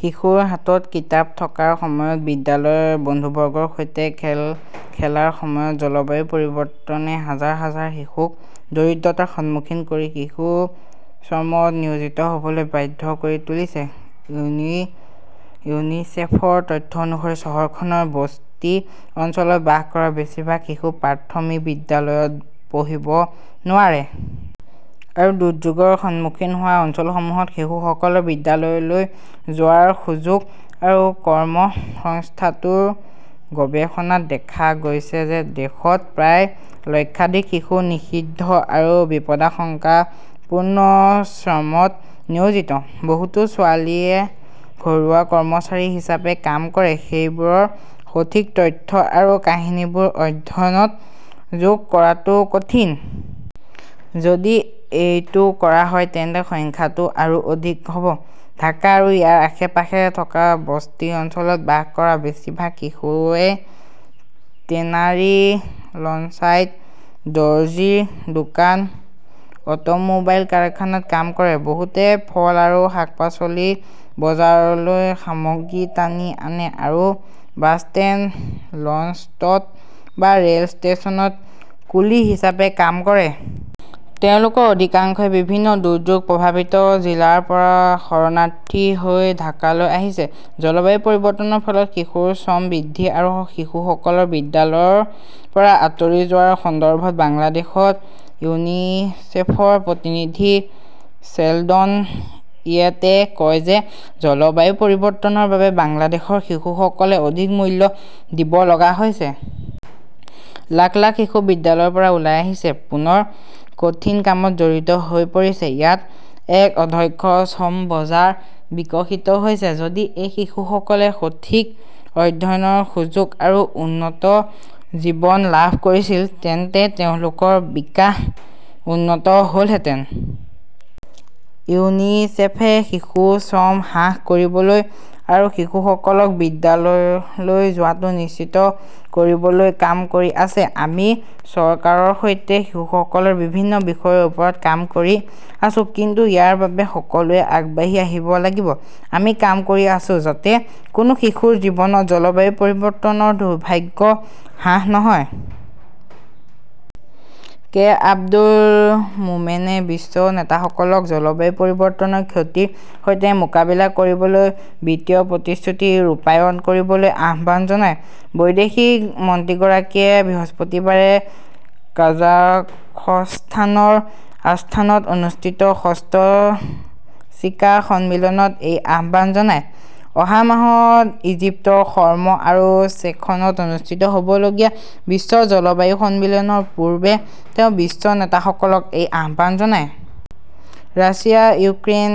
শিশুৰ হাতত কিতাপ থকাৰ সময়ত, বিদ্যালয়ৰ বন্ধুবৰ্গৰ সৈতে খেল খেলাৰ সময়ত, জলবায়ু পৰিৱৰ্তনে হাজাৰ হাজাৰ শিশুক দৰিদ্ৰতাৰ সন্মুখীন কৰি শিশু শ্ৰমত নিয়োজিত হ'বলৈ বাধ্য কৰি তুলিছে। ইউনিচেফৰ তথ্য অনুসৰি, চহৰখনৰ বস্তি অঞ্চলত বাস কৰা বেছিভাগ শিশু প্ৰাথমিক বিদ্যালয়ত পঢ়িব নোৱাৰে। আৰু দুৰ্যোগৰ সন্মুখীন হোৱা অঞ্চলসমূহত শিশুসকলৰ বিদ্যালয়লৈ যোৱাৰ সুযোগ আৰু কম। সংস্থাটোৰ গৱেষণাত দেখা গৈছে যে, দেশত প্ৰায় লক্ষাধিক শিশু নিষিদ্ধ আৰু বিপদাশংকাপূৰ্ণ শ্ৰমত নিয়োজিত। বহুতো ছোৱালীয়ে ঘৰুৱা কৰ্মচাৰী হিচাপে কাম কৰে। সেইবোৰৰ সঠিক তথ্য আৰু কাহিনীবোৰ অধ্যয়নত যোগ কৰাটো কঠিন। যদি এইটো কৰা হয়, তেন্তে সংখ্যাটো আৰু অধিক হ'ব। ঢাকা আৰু ইয়াৰ আশে-পাশে থকা বস্তি অঞ্চলত বাস কৰা বেছিভাগ শিশুৱে টেনাৰী, লঞ্চইয়াৰ্ড, দৰ্জিৰ দোকান, অটোমোবাইল কাৰখানাত কাম কৰে। বহুতে ফল আৰু শাক-পাচলিৰ বজাৰলৈ সামগ্ৰী টানি আনে আৰু বাছ ষ্টেণ্ড, লঞ্চ শ্বট বা ৰেল ষ্টেচনত কুলি হিচাপে কাম কৰে। তেওঁলোকৰ অধিকাংশই বিভিন্ন দুৰ্যোগ প্ৰভাৱিত জিলাৰ পৰা শৰণাৰ্থী হৈ ঢাকালৈ আহিছে। জলবায়ু পৰিৱৰ্তনৰ ফলত শিশুৰ শ্ৰম বৃদ্ধি আৰু শিশুসকল বিদ্যালয়ৰ পৰা আঁতৰি যোৱাৰ সন্দৰ্ভত বাংলাদেশত ইউনিচেফৰ প্ৰতিনিধি শ্বেলডন ইয়েটে কয় যে, জলবায়ু পৰিৱৰ্তনৰ বাবে বাংলাদেশৰ শিশুসকলে অধিক মূল্য দিব লগা হৈছে। লাখ লাখ শিশু বিদ্যালয়ৰ পৰা ওলাই আহিছে, পুনৰ কঠিন কামত জড়িত হৈ পৰিছে। ইয়াত এক অদক্ষ শ্ৰম বজাৰ বিকশিত হৈছে। যদি এই শিশুসকলে সঠিক অধ্যয়নৰ সুযোগ আৰু উন্নত জীৱন লাভ কৰিছিল, তেন্তে তেওঁলোকৰ বিকাশ উন্নত হ'লহেঁতেন। ইউনিছেফে শিশু শ্ৰম হ্ৰাস কৰিবলৈ আৰু শিশুসকলক বিদ্যালয়লৈ যোৱাটো নিশ্চিত কৰিবলৈ কাম কৰি আছে। আমি চৰকাৰৰ সৈতে শিশুসকলৰ বিভিন্ন বিষয়ৰ ওপৰত কাম কৰি আছোঁ। কিন্তু ইয়াৰ বাবে সকলোৱে আগবাঢ়ি আহিব লাগিব। আমি কাম কৰি আছোঁ যাতে কোনো শিশুৰ জীৱনত জলবায়ু পৰিৱৰ্তনৰ দুৰ্ভাগ্য হ্ৰাস নহয়। কে. আব্দুল মোমেনে বিশ্ব নেতাসকলক জলবায়ু পৰিৱৰ্তনৰ ক্ষতিৰ সৈতে মোকাবিলা কৰিবলৈ, বিত্তীয় প্ৰতিশ্ৰুতি ৰূপায়ণ কৰিবলৈ আহ্বান জনায়। বৈদেশিক মন্ত্ৰীগৰাকীয়ে বৃহস্পতিবাৰে কাজাখস্তানৰ আস্তানাত অনুষ্ঠিত ষষ্ঠ চিকা সন্মিলনত এই আহ্বান জনায়। অহা মাহত ইজিপ্তৰ শৰ্ম আল শ্বেইখত অনুষ্ঠিত হ'বলগীয়া বিশ্ব জলবায়ু সন্মিলনৰ পূৰ্বে তেওঁ বিশ্ব নেতাসকলক এই আহ্বান জনায়। ৰাছিয়া-ইউক্ৰেইন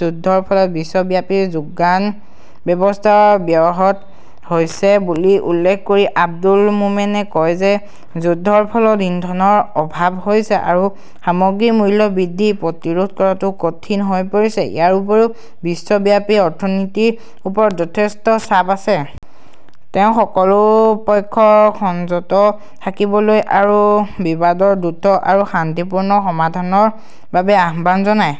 যুদ্ধৰ ফলত বিশ্বব্যাপী যোগান ব্যৱস্থা ব্যাহত হৈছে বুলি উল্লেখ কৰি আব্দুল মোমেনে কয় যে, যুদ্ধৰ ফলত ইন্ধনৰ অভাৱ হৈছে আৰু সামগ্ৰীৰ মূল্য বৃদ্ধি প্ৰতিৰোধ কৰাটো কঠিন হৈ পৰিছে। ইয়াৰ উপৰিও, বিশ্বব্যাপী অৰ্থনীতিৰ ওপৰত যথেষ্ট চাপ আছে। তেওঁ সকলো পক্ষক সংযত থাকিবলৈ আৰু বিবাদৰ দ্ৰুত আৰু শান্তিপূৰ্ণ সমাধানৰ বাবে আহ্বান জনায়।